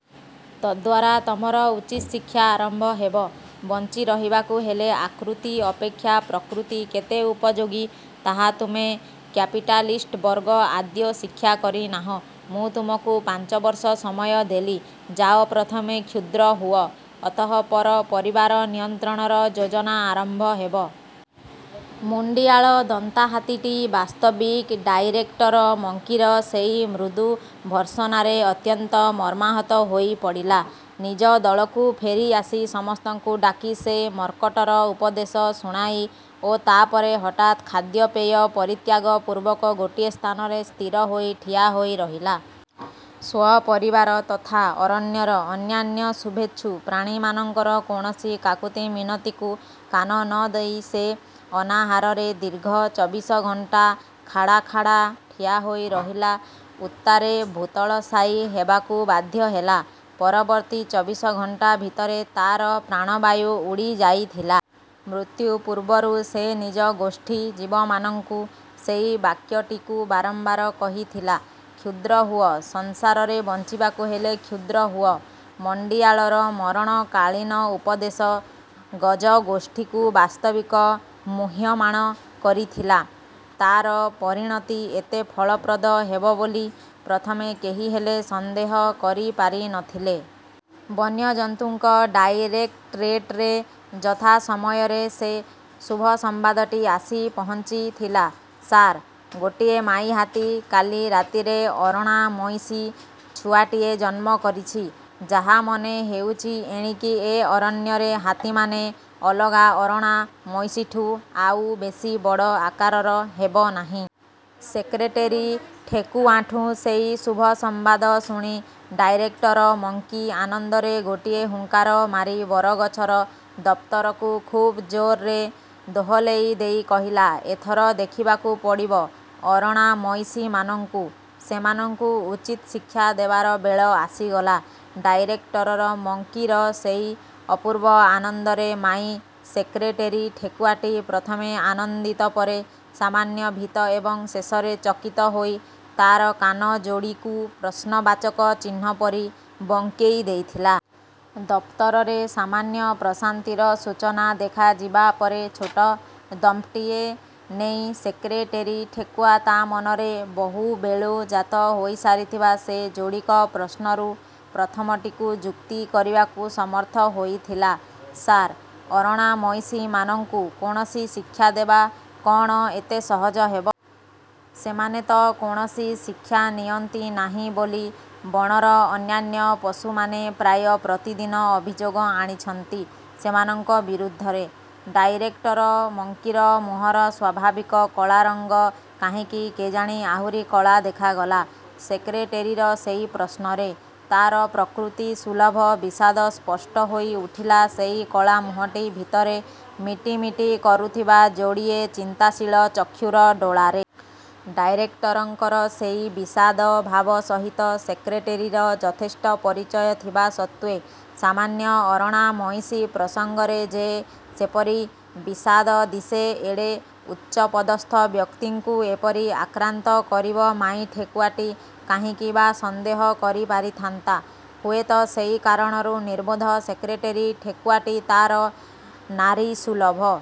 ତଦ୍ୱାରା ତମର ଉଚିତ୍ ଶିକ୍ଷା ଆରମ୍ଭ ହେବ। ବଞ୍ଚି ରହିବାକୁ ହେଲେ ଆକୃତି ଅପେକ୍ଷା ପ୍ରକୃତି କେତେ ଉପଯୋଗୀ ତାହା ତୁମେ କ୍ୟାପିଟାଲିଷ୍ଟବର୍ଗ ଆଦୌ ଶିକ୍ଷା କରିନାହଁ। ମୁଁ ତୁମକୁ ପାଞ୍ଚବର୍ଷ ସମୟ ଦେଲି, ଯାଅ-ପ୍ରଥମେ କ୍ଷୁଦ୍ର ହୁଅ। ଅତଃପର ପରିବାର ନିୟନ୍ତ୍ରଣର ଯୋଜନା ଆରମ୍ଭ ହେବ। " ମୁଣ୍ଡିଆଳ ଦନ୍ତାହାତୀଟି ବାସ୍ତବିକ୍ ଡାଇରେକ୍ଟର ମଙ୍କିର ସେଇ ମୃଦୁ ଭର୍ତ୍ସନାରେ ଅତ୍ୟନ୍ତ ମର୍ମାହତ ହୋଇ ପଡ଼ିଲା। ନିଜ ଦଳକୁ ଫେରି ଆସି ସମସ୍ତଙ୍କୁ ଡାକି ସେ ମର୍କଟର ଉପଦେଶ ଶୁଣାଇ ଓ ତା'ପରେ ହଠାତ୍ ଖାଦ୍ୟପେୟ ପରିତ୍ୟାଗ ପୂର୍ବକ ଗୋଟିଏ ସ୍ଥାନରେ ସ୍ଥିର ହୋଇ ଠିଆ ହୋଇ ରହିଲା। ସ୍ୱ ପରିବାର ତଥା ଅରଣ୍ୟର ଅନ୍ୟାନ୍ୟ ଶୁଭେଚ୍ଛୁ ପ୍ରାଣୀମାନଙ୍କର କୌଣସି କାକୁତିମିନତିକୁ କାନ ନ ଦେଇ ସେ ଅନାହାରରେ ଦୀର୍ଘ ଚବିଶ ଘଣ୍ଟା ଖାଡ଼ା ଖାଡ଼ା ଠିଆ ହୋଇ ରହିଲା ଉତ୍ତାରେ ଭୂତଳଶାୟୀ ହେବାକୁ ବାଧ୍ୟ ହେଲା। ପରବର୍ତ୍ତୀ ଚବିଶ ଘଣ୍ଟା ଭିତରେ ତାର ପ୍ରାଣବାୟୁ ଉଡ଼ିଯାଇଥିଲା। ମୃତ୍ୟୁ ପୂର୍ବରୁ ସେ ନିଜ ଗୋଷ୍ଠୀ ଜୀବମାନଙ୍କୁ ସେଇ ବାକ୍ୟଟିକୁ ବାରମ୍ବାର କହିଥିଲା-"କ୍ଷୁଦ୍ର ହୁଅ! ସଂସାରରେ ବଞ୍ଚିବାକୁ ହେଲେ କ୍ଷୁଦ୍ର ହୁଅ। " ମୁଣ୍ଡିଆଳର ମରଣକାଳୀନ ଉପଦେଶ ଗଜଗୋଷ୍ଠୀକୁ ବାସ୍ତବିକ ମୂହ୍ୟମାଣ କରିଥିଲା। ତା'ର ପରିଣତି ଏତେ ଫଳପ୍ରଦ ହେବ ବୋଲି ପ୍ରଥମେ କେହିହେଲେ ସନ୍ଦେହ କରି ପାରି ନ ଥିଲେ-। ବନ୍ୟଜନ୍ତୁଙ୍କ ଡାଇରେକ୍ଟରେଟରେ ଯଥା ସମୟରେ ସେ। ଶୁଭ ସମ୍ବାଦଟି ଆସି ପହଞ୍ଚିଥିଲା। "ସାର୍! ଗୋଟିଏ ମାଈହାତୀ କାଲି ରାତିରେ ଅରଣା ମଇଁଷି ଛୁଆଟିଏ ଜନ୍ମ କରିଛି! ଯାହା ମନେ ହେଉଛି ଏଣିକି ଏ ଅରଣ୍ୟରେ ହାତୀମାନେ ଅଲଗା ଅରଣା ମଇଁଷିଠୁଁ ଆଉ ବେଶୀ ବଡ଼ ଆକାରର ହେବ ନାହିଁ। " ସେକ୍ରେଟେରୀ ଠେକୁଆଠୁଁ ସେଇ ଶୁଭସମ୍ବାଦ ଶୁଣି ଡାଇରେକ୍ଟର ମଙ୍କି ଆନନ୍ଦରେ ଗୋଟିଏ ହୁଙ୍କାର ମାରି ବରଗଛର ଦପ୍ତରକୁ ଖୁବ୍ ଜୋର୍ରେ ଦୋହଲେଇ ଦେଇ କହିଲା- "ଏଥର ଦେଖିବାକୁ ପଡ଼ିବ ଅରଣା ମଇଁଷୀମାନଙ୍କୁ। ସେମାନଙ୍କୁ ଉଚିତ୍ ଶିକ୍ଷା ଦେବାର ବେଳ ଆସିଗଲା। " ଡାଇରେକ୍ଟର ମଙ୍କିର ସେଇ ଅପୂର୍ବ ଆନନ୍ଦରେ ମାଈ ସେକ୍ରେଟେରୀ ଠେକୁଆଟି ପ୍ରଥମେ ଆନନ୍ଦିତ ପରେ ସାମାନ୍ୟ ଭୀତ ଏବଂ ଶେଷରେ ଚକିତ ହୋଇ ତାର କାନ ଯୋଡ଼ିକୁ ପ୍ରଶ୍ନବାଚକ ଚିହ୍ନ ପରି ବଙ୍କେଇ ଦେଇଥିଲା। ଦପ୍ତରରେ ସାମାନ୍ୟ ପ୍ରଶାନ୍ତିର ସୂଚନା ଦେଖାଯିବା ପରେ ଛୋଟ ଦମ୍ଟିଏ ନେଇ ସେକ୍ରେଟେରୀ ଠେକୁଆ ତା ମନରେ ବହୁବେଳୁ ଜାତ ହୋଇସାରିଥିବା ସେ ଯୋଡ଼ିକ ପ୍ରଶ୍ନରୁ ପ୍ରଥମଟିକୁ ଯୁକ୍ତି କରିବାକୁ ସମର୍ଥ ହୋଇଥିଲା- "ସାର୍! ଅରଣା ମଇଁଷୀମାନଙ୍କୁ କୌଣସି ଶିକ୍ଷା ଦେବା କ'ଣ ଏତେ ସହଜ ହେବ? ସେମାନେ ତ କୌଣସି ଶିକ୍ଷା ନିଅନ୍ତି ନାହିଁ ବୋଲି ବଣର ଅନ୍ୟାନ୍ୟ ପଶୁମାନେ ପ୍ରାୟ ପ୍ରତିଦିନ ଅଭିଯୋଗ ଆଣିଛନ୍ତି ସେମାନଙ୍କ ବିରୁଦ୍ଧରେ! " ଡାଇରେକ୍ଟର ମଙ୍କିର ମୁହଁର ସ୍ଵାଭାବିକ କଳାରଙ୍ଗ କାହିଁକି କେଜାଣି ଆହୁରି କଳା ଦେଖାଗଲା ସେକ୍ରେଟେରୀର ସେଇ ପ୍ରଶ୍ନରେ। ତାର ପ୍ରକୃତି ସୁଲଭ ବିଷାଦ ସ୍ପଷ୍ଟ ହୋଇ ଉଠିଲା ସେଇ କଳା ମୁହଁଟି ଭିତରେ ମିଟିମିଟି କରୁଥିବା ଯୋଡ଼ିଏ ଚିନ୍ତାଶୀଳ ଚକ୍ଷୁର ଡୋଳାରେ। ଡାଇରେକ୍ଟରଙ୍କର ସେଇ ବିଷାଦଭାବ ସହିତ ସେକ୍ରେଟେରୀର ଯଥେଷ୍ଟ ପରିଚୟ ଥିବା ସତ୍ଵେ ସାମାନ୍ୟ ଅରଣା ମଇଁଷୀ ପ୍ରସଙ୍ଗରେ ଯେ ସେପରି ବିଷାଦ ଦିଶେ ଏଡ଼େ ଉଚ୍ଚପଦସ୍ଥ ବ୍ୟକ୍ତିଙ୍କୁ ଏପରି ଆକ୍ରାନ୍ତ କରିବ ମାଈ ଠେକୁଆଟି କାହିଁକି ବା ସନ୍ଦେହ କରିପାରିଥାନ୍ତା! ହୁଏତ ସେଇ କାରଣରୁ ନିର୍ବୋଧ ସେକ୍ରେଟେରୀ ଠେକୁଆଟି ତାର ନାରୀସୁଲଭ